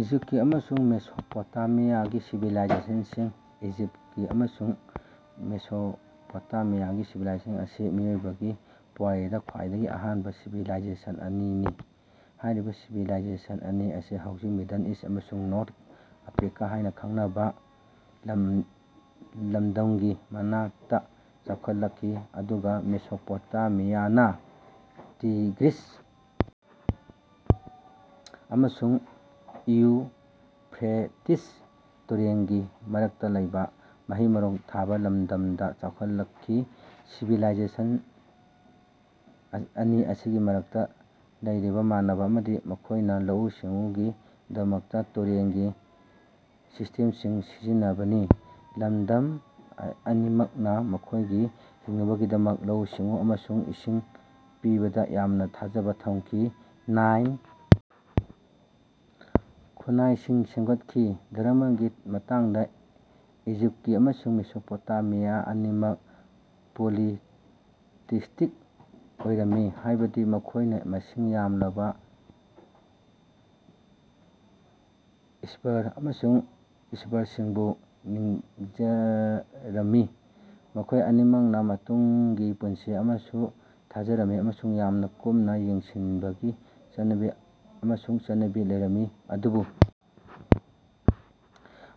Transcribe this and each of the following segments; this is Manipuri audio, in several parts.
ꯏꯖꯤꯞꯇꯀꯤ ꯑꯃꯁꯨꯡ ꯃꯦꯁꯣꯄꯣꯇꯦꯃꯤꯌꯥꯒꯤ ꯁꯤꯚꯤꯂꯥꯏꯖꯦꯁꯟꯁꯤꯡ꯫ ꯏꯖꯤꯞꯇꯀꯤ ꯑꯃꯁꯨꯡ ꯃꯦꯁꯣꯄꯣꯇꯦꯃꯤꯌꯥꯒꯤ ꯁꯤꯚꯤꯂꯥꯏꯖꯦꯁꯟ ꯑꯁꯤ ꯃꯤꯑꯣꯏꯕꯒꯤ ꯄꯨꯋꯥꯔꯤꯗꯥ ꯈ꯭ꯋꯥꯏꯗꯒꯤ ꯑꯍꯥꯟꯕ ꯁꯤꯚꯤꯂꯥꯏꯖꯦꯁꯟ ꯑꯅꯤꯅꯤ꯫ ꯍꯥꯏꯔꯤꯕ ꯁꯤꯚꯤꯂꯥꯏꯖꯦꯁꯟ ꯑꯅꯤ ꯑꯁꯤ ꯍꯧꯖꯤꯛ ꯃꯤꯗꯜ ꯏꯁ꯭ꯠ ꯑꯃꯁꯨꯡ ꯅꯣꯔꯊ ꯑꯥꯐ꯭ꯔꯤꯀꯥ ꯍꯥꯏꯅꯥ ꯈꯪꯅꯕ ꯂꯗꯝꯒꯤ ꯃꯅꯥꯛꯇ ꯆꯥꯎꯈꯠꯂꯛꯈꯤ, ꯑꯗꯨꯒ ꯃꯦꯁꯣꯄꯣꯇꯦꯃꯤꯌꯥꯅ ꯇꯤꯒ꯭ꯔꯤꯁ ꯑꯃꯁꯨꯡ ꯏꯎꯐ꯭ꯔꯦꯇꯤꯁ ꯇꯨꯔꯦꯜꯒꯤ ꯃꯔꯛꯇꯥ ꯂꯩꯕ ꯃꯍꯩ-ꯃꯔꯣꯡ ꯊꯥꯕ ꯂꯝꯗꯝꯗ ꯆꯥꯎꯈꯠꯂꯛꯈꯤ꯫ ꯁꯤꯚꯤꯂꯥꯏꯖꯦꯁꯟ ꯑꯅꯤ ꯑꯁꯤꯒꯤ ꯃꯔꯛꯇ ꯂꯩꯔꯤꯕ ꯃꯥꯟꯅꯕꯥ ꯑꯃꯗꯤ ꯃꯈꯣꯏꯅꯥ ꯂꯧꯎ-ꯁꯤꯡꯎꯒꯤꯗꯃꯛꯇ ꯇꯨꯔꯦꯜꯒꯤ ꯁꯤꯁ꯭ꯇꯦꯝꯁꯤꯡ ꯁꯤꯖꯤꯟꯅꯕꯅꯤ꯫ ꯂꯝꯗꯝ ꯑꯅꯤꯃꯛꯅ ꯃꯈꯣꯏꯒꯤ ꯍꯤꯡꯅꯕꯒꯤꯗꯃꯛ ꯂꯧꯎ-ꯁꯤꯡꯎ ꯑꯃꯁꯨꯡ ꯏꯁꯤꯡ ꯄꯤꯕꯗꯥ ꯌꯥꯝꯅ ꯊꯥꯖꯕ ꯊꯝꯈꯤ꯫ ꯅꯥꯏꯜ ꯈꯨꯟꯅꯥꯏꯁꯤꯡ ꯁꯦꯝꯒꯠꯈꯤ꯫ ꯙꯔꯝꯃꯒꯤ ꯃꯇꯥꯡꯗ ꯏꯖꯤꯞꯇꯀꯤ ꯑꯃꯁꯨꯡ ꯃꯦꯁꯣꯄꯣꯇꯦꯃꯤꯌꯥ ꯑꯅꯤꯃꯛ ꯄꯣꯂꯤꯇꯤꯁ꯭ꯇꯤꯛ ꯑꯣꯏꯔꯝꯃꯤ, ꯍꯥꯏꯕꯗꯤ ꯃꯈꯣꯏꯅ ꯃꯁꯤꯡ ꯌꯥꯝꯂꯕꯥ ꯏꯁ꯭ꯕꯔ ꯑꯃꯁꯨꯡ ꯏꯁ꯭ꯕꯔꯁꯤꯡꯕꯨ ꯅꯤꯡꯖꯔꯝꯃꯤ꯫ ꯃꯈꯣꯏ ꯑꯅꯤꯃꯛꯅꯥ ꯃꯇꯨꯡꯒꯤ ꯄꯨꯟꯁꯤ ꯑꯃꯁꯨ ꯊꯥꯖꯔꯝꯃꯤ ꯑꯃꯁꯨꯡ ꯌꯥꯝꯅ ꯀꯨꯞꯅꯥ ꯌꯦꯡꯁꯤꯟꯕꯒꯤ ꯆꯠꯅꯕꯤ ꯑꯃꯁꯨꯡ ꯆꯠꯅꯕꯤ ꯂꯩꯔꯝꯃꯤ꯫ ꯑꯗꯨꯕꯨ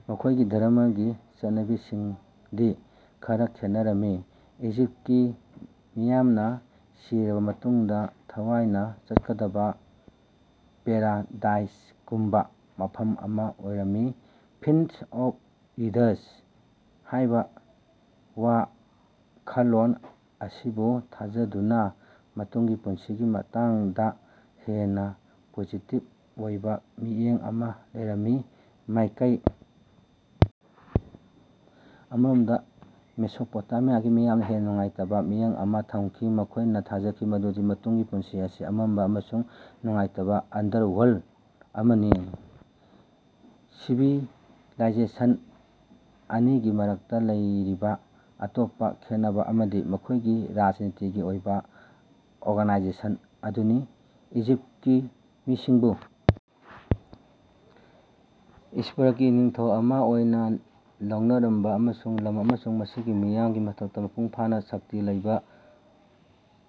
ꯃꯈꯣꯏꯒꯤ ꯙꯔꯝꯃꯒꯤ ꯆꯠꯅꯕꯤꯁꯤꯡꯗꯤ ꯈꯔꯥ ꯈꯦꯠꯅꯔꯝꯃꯤ꯫ ꯏꯖꯤꯞꯇꯀꯤ ꯃꯤꯌꯥꯝꯅꯥ ꯁꯤꯔꯕꯥ ꯃꯇꯨꯡꯗꯥ ꯊꯋꯥꯏꯅ ꯆꯠꯀꯗꯕꯥ ꯄꯦꯔꯥꯗꯥꯏꯁꯒꯨꯝꯕꯥ ꯃꯐꯝ ꯑꯃ ꯑꯣꯏꯔꯤꯕ "ꯐꯤꯜꯗ ꯑꯣꯐ ꯔꯤꯗꯁ" ꯍꯥꯏꯕ ꯋꯥ ꯈꯜꯂꯣꯟ ꯑꯁꯤꯕꯨ ꯊꯥꯖꯗꯨꯅꯥ ꯃꯇꯨꯡꯒꯤ ꯄꯨꯟꯁꯤꯒꯤ ꯃꯇꯥꯡꯗ ꯍꯦꯟꯅꯥ ꯄꯣꯖꯤꯇꯤꯕ ꯑꯣꯏꯕ ꯃꯤꯠꯌꯦꯡ ꯑꯃ ꯂꯩꯔꯝꯃꯤ꯫ ꯃꯥꯏꯀꯩ ꯑꯃꯔꯣꯝꯗ ꯃꯦꯁꯣꯄꯣꯇꯦꯃꯤꯌꯥꯒꯤ ꯃꯤꯌꯥꯝꯅ ꯍꯦꯟꯅꯥ ꯅꯨꯡꯉꯥꯏꯇꯕꯥ ꯃꯤꯠꯌꯦꯡ ꯑꯃ ꯊꯝꯈꯤ, ꯃꯈꯣꯏꯅ ꯊꯥꯖꯈꯤ ꯃꯗꯨꯗꯤ ꯃꯇꯨꯡꯒꯤ ꯄꯨꯟꯁꯤ ꯑꯁꯤ ꯑꯃꯝꯕꯥ ꯑꯃꯁꯨꯡ ꯅꯨꯡꯉꯥꯏꯇꯕꯥ ꯑꯟꯗꯔꯋꯔꯜꯗ ꯑꯃꯅꯤ꯫ ꯁꯤꯚꯤꯂꯥꯏꯖꯦꯁꯟ ꯑꯅꯤꯒꯤ ꯃꯔꯛꯇꯥ ꯂꯩꯔꯤꯕꯥ ꯑꯇꯣꯞꯄꯥ ꯈꯦꯟꯅꯕꯥ ꯑꯃꯗꯤ ꯃꯈꯣꯏꯒꯤ ꯔꯥꯖꯅꯤꯇꯤꯒꯤ ꯑꯣꯏꯕ ꯑꯣꯔꯒꯅꯥꯏꯖꯦꯁꯟ ꯑꯗꯨꯅꯤ꯫ ꯏꯖꯤꯞꯇꯀꯤ ꯃꯤꯁꯤꯡꯕꯨ ꯏꯁ꯭ꯕꯔꯒꯤ ꯅꯤꯡꯊꯧ ꯑꯃ ꯑꯣꯏꯅ ꯂꯧꯅꯔꯝꯕ ꯑꯃꯁꯨꯡ ꯂꯝ ꯑꯃꯁꯨꯡ ꯃꯁꯤꯒꯤ ꯃꯤꯌꯥꯝꯒꯤ ꯃꯊꯛꯇ ꯃꯄꯨꯡ ꯐꯥꯅ ꯁꯛꯇꯤ ꯂꯩꯕ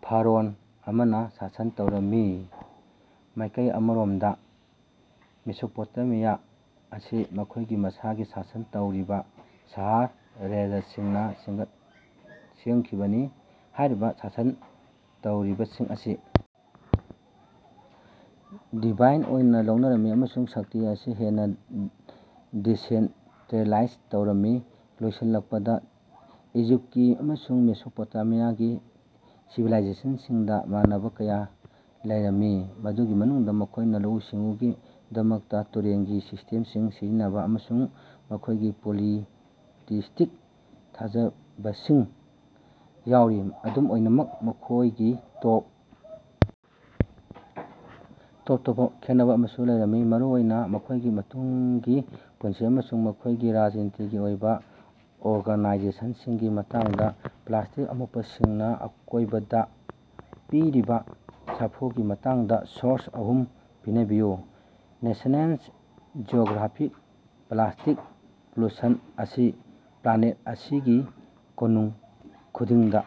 ꯐꯔꯧꯟ ꯑꯃꯅ ꯁꯥꯁꯟ ꯇꯧꯔꯝꯃꯤ꯫ ꯃꯥꯏꯀꯩ ꯑꯃꯔꯣꯝꯗꯥ ꯃꯦꯁꯣꯄꯣꯇꯦꯃꯤꯌꯥ ꯑꯁꯤ ꯃꯈꯣꯏꯒꯤ ꯃꯁꯥꯒꯤ ꯁꯥꯁꯟ ꯇꯧꯔꯤꯕ ꯁꯍꯔ-ꯔꯥꯖ꯭ꯌꯁꯤꯡꯅ ꯁꯦꯝꯈꯤꯕꯅꯤ꯫ ꯍꯥꯏꯔꯤꯕꯥ ꯁꯥꯁꯟ ꯇꯧꯔꯤꯕꯁꯤꯡ ꯑꯁꯤ ꯗꯤꯚꯥꯏꯟ ꯑꯣꯏꯅ ꯂꯧꯅꯔꯝꯃꯤ ꯑꯃꯁꯨꯡ ꯁꯛꯇꯤ ꯑꯁꯤ ꯍꯦꯟꯅ ꯗꯤꯁꯦꯟꯇꯔꯦꯂꯥꯏꯖ ꯇꯧꯔꯝꯃꯤ꯫ ꯂꯣꯏꯁꯤꯜꯂꯛꯄꯗꯥ, ꯏꯖꯤꯞꯇꯀꯤ ꯑꯃꯁꯨꯡ ꯃꯦꯁꯣꯄꯣꯇꯦꯃꯤꯌꯥꯒꯤ ꯁꯤꯚꯤꯂꯥꯏꯖꯦꯁꯟꯁꯤꯡꯗꯥ ꯃꯥꯟꯅꯕ ꯀꯌꯥ ꯂꯩꯔꯝꯃꯤ, ꯃꯗꯨꯒꯤ ꯃꯅꯨꯡꯗꯥ ꯃꯈꯣꯏꯅ ꯂꯧꯎ-ꯁꯤꯡꯎꯒꯤꯗꯃꯛꯇꯥ ꯇꯨꯔꯦꯜꯒꯤ ꯁꯤꯁ꯭ꯇꯦꯝꯁꯤꯡ ꯁꯤꯖꯤꯟꯅꯕꯥ ꯑꯃꯁꯨꯡ ꯃꯈꯣꯏꯒꯤ ꯄꯣꯂꯤꯇꯤꯁ꯭ꯇꯤꯛ ꯊꯥꯖꯕꯁꯤꯡ ꯌꯥꯎꯔꯤ꯫ ꯑꯗꯨꯝ ꯑꯣꯏꯅꯃꯛ ꯃꯈꯣꯏꯒꯤ ꯇꯣꯞ ꯇꯣꯞꯄꯥ ꯈꯦꯟꯅꯕꯥ ꯑꯃꯁꯨ ꯂꯩꯔꯝꯃꯤ, ꯃꯔꯨ ꯑꯣꯏꯅ ꯃꯈꯣꯏꯒꯤ ꯃꯇꯨꯡꯒꯤ ꯄꯨꯟꯁꯤ ꯑꯃꯁꯨꯡ ꯃꯈꯣꯏꯒꯤ ꯔꯥꯖꯅꯤꯇꯤꯒꯤ ꯑꯣꯏꯕ ꯑꯣꯔꯒꯥꯅꯥꯏꯖꯦꯁꯟꯒꯤ ꯃꯇꯥꯡꯗ꯫ ꯄ꯭ꯂꯥꯁ꯭ꯇꯤꯛ ꯑꯃꯣꯠꯄꯁꯤꯡꯅꯥ ꯑꯀꯣꯌꯕꯗꯥ ꯄꯤꯔꯤꯕꯥ ꯁꯥꯐꯨꯒꯤ ꯃꯇꯥꯡꯗꯥ ꯁꯣꯔꯁ ꯑꯍꯨꯝ ꯄꯅꯕꯤꯌꯨ꯫ ꯅꯦꯁ꯭ꯅꯦꯜ ꯖꯤꯑꯣꯒ꯭ꯔꯥꯐꯤꯛ "ꯄ꯭ꯂꯥꯁ꯭ꯇꯤꯛ ꯄꯣꯂꯨꯁꯟ ꯑꯁꯤ ꯄ꯭ꯂꯥꯅꯦꯠ ꯑꯁꯤꯒꯤ ꯀꯣꯅꯨꯡ ꯈꯨꯗꯤꯡꯗꯥ